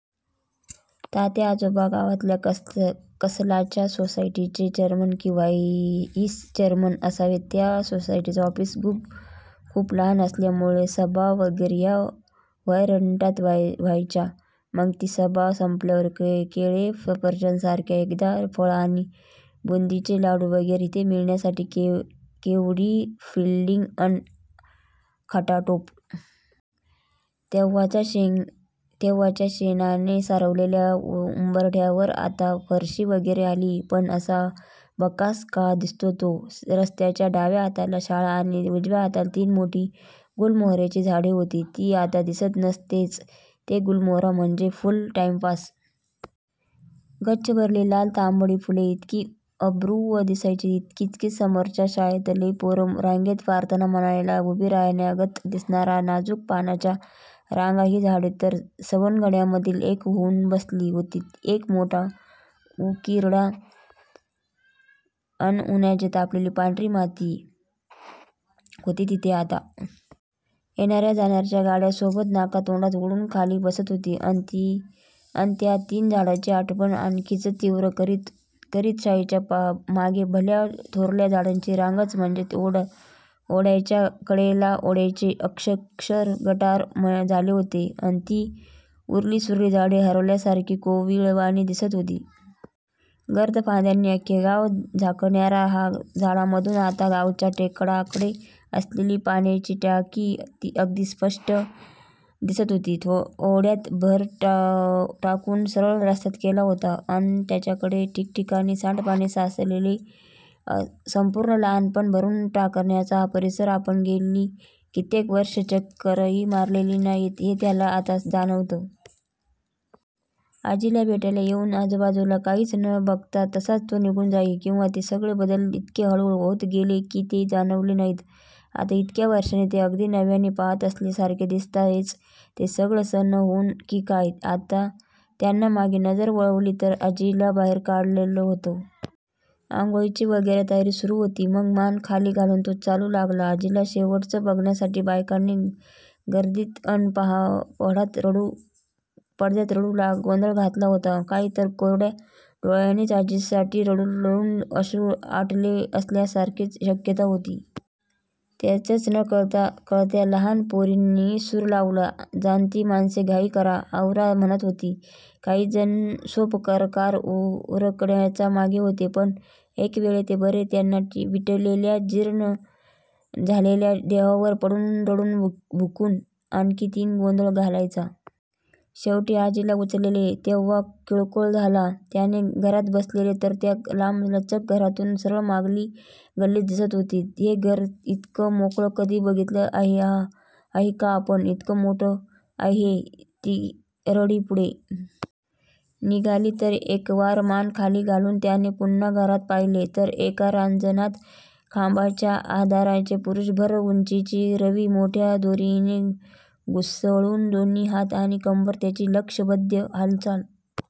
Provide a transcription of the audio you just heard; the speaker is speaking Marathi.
तात्या आजोबा गावातल्या कसल्याशा सोसायटीचे चेअरमन की व्हाईस चेअरमन असावेत. त्या सोसायटीचं ऑफिस खुप लहान असल्यामूळे सभा वगैरे या व्हरांड्यात व्हायच्या. मग ती सभा संपल्यावर केळे-सफरचंदासारखं एखादं फळ आणि बुंदीचे लाडू वगैरे. ते मिळवण्यासाठी केवढी फिल्डिंग अन खटाटोप. तेव्हाचा शेणाने सारवललेल्या व्हरड्यावर आता फरशी वगैरे आलीय. पण असा भकास का दिसतोय तो? रस्त्याच्या डाव्या हाताला शाळा आणि उजव्या हाताला तीन मोठी गुलमोहराची झाडे होती. तीही आता दिसत नाहीयेत. हे गुलमोहर म्हणजे फुल टाईमपास. गच्च भरलेली लाल तांबडी फुले जितकी अप्रूप दिसायची, तितकीच समोरच्या शाळेतली पोरं रांगेत प्रार्थना म्हणायला उभी राहिल्यागत दिसणाया नाजूक पानांच्या रांगा. ही झाडे तर सवंगड्यांमधलीच एक होऊन बसली होती. एक मोठा उकिरडा अन उन्हाने तापलेली पांढरी माती होती तिथे आता. येणार्या जाणार्या गाड्यांसोबत नाकातोंडात उडून खाली बसत होती, अन त्या तीन झाडांची आठवण आणखीच तीव्र करीत. शाळेच्या मागे भल्या थोरल्या झाडांची रांगच. म्हणजे ओढ्याच्या कडेला. ओढ्याचे अक्षरशः गटार झाले होते अन ती उरलीसुरली झाडे हरल्यासारखी, केविलवाणी दिसत होती. गर्द फांद्यांनी अख्खे गाव झाकणार्या या झाडांमधून आता गावाच्या एकाकडेला असलेली पाण्याची टाकी अगदी स्पष्ट दिसत होती. ओड्यात भर टाकून सरळ रस्ताच केला होता, अन त्याच्याकडेला ठिकठिकाणी सांडपाणी साचलेलं. संपूर्ण लहाणपण भारून टाकणार्या या परिसरात आपण गेली कित्येक वर्षे चक्करही मारलेली नाही, हे त्याला आता जाणवलं. आजीला भेटायला येऊन आजूबाजूला काहीच न बघता तसाच तो निघून जाई. किंवा हे सगळे बदल इतके हळूहळू होत गेले, की ते जाणवले नाहीत. आता इतक्या वर्षांनी ते अगदी नव्याने पाहत असल्यासारखे दिसताहेत. हे सगळं सहन न होऊन की काय, त्यानं मागे नजर वळवली, तर आजीला बाहेर काढलं होतं. आंघोळीची वगैरे तयारी सुरू होती. मग मान खाली घालून तो चालू लागला. आजीला शेवटचं बघण्यासाठी. बायकांनी गद्यात अन पद्यात रडून गोंधळ घातला होता. काही तर कोरड्या डोळ्यांनीच. आजीसाठी रडून रडून अश्रू आटले असण्याचीही शक्यता होती. त्यातच न-कळत्या लहान पोरांनीही सुर लावला. जाणती माणसे घाई करा, आवरा म्हणत होती. काही जण सोपस्कार उरकण्याच्या मागे होते. पण एकवेळ हे बरे. त्या विटलेल्या, जीर्ण झालेल्या देहावर पडून, रडून भेकून, आणखी किती गोंधळ घालायचा? शेवटी आजीला उचलले तेव्हा कल्लोळ झाला. त्याने घरात बघितले, तर त्या लांबलचक घरातून सरळ मागली गल्लीच दिसत होती. हे घर इतकं मोकळं कधी बघितलं आहे का आपण? इतकं मोठं आहे हे? तिरडी पुढे निघाली, तशी एकवार मान खाली घालून त्याने पुन्हा घरात पाहिले, तर एका रांजणात खांबाच्या आधाराने पुरुषभर उंचीची रवी मोठ्या दोरीने घुसळून, दोन्ही हात आणि कंबर यांची लयबध्द हालचाल--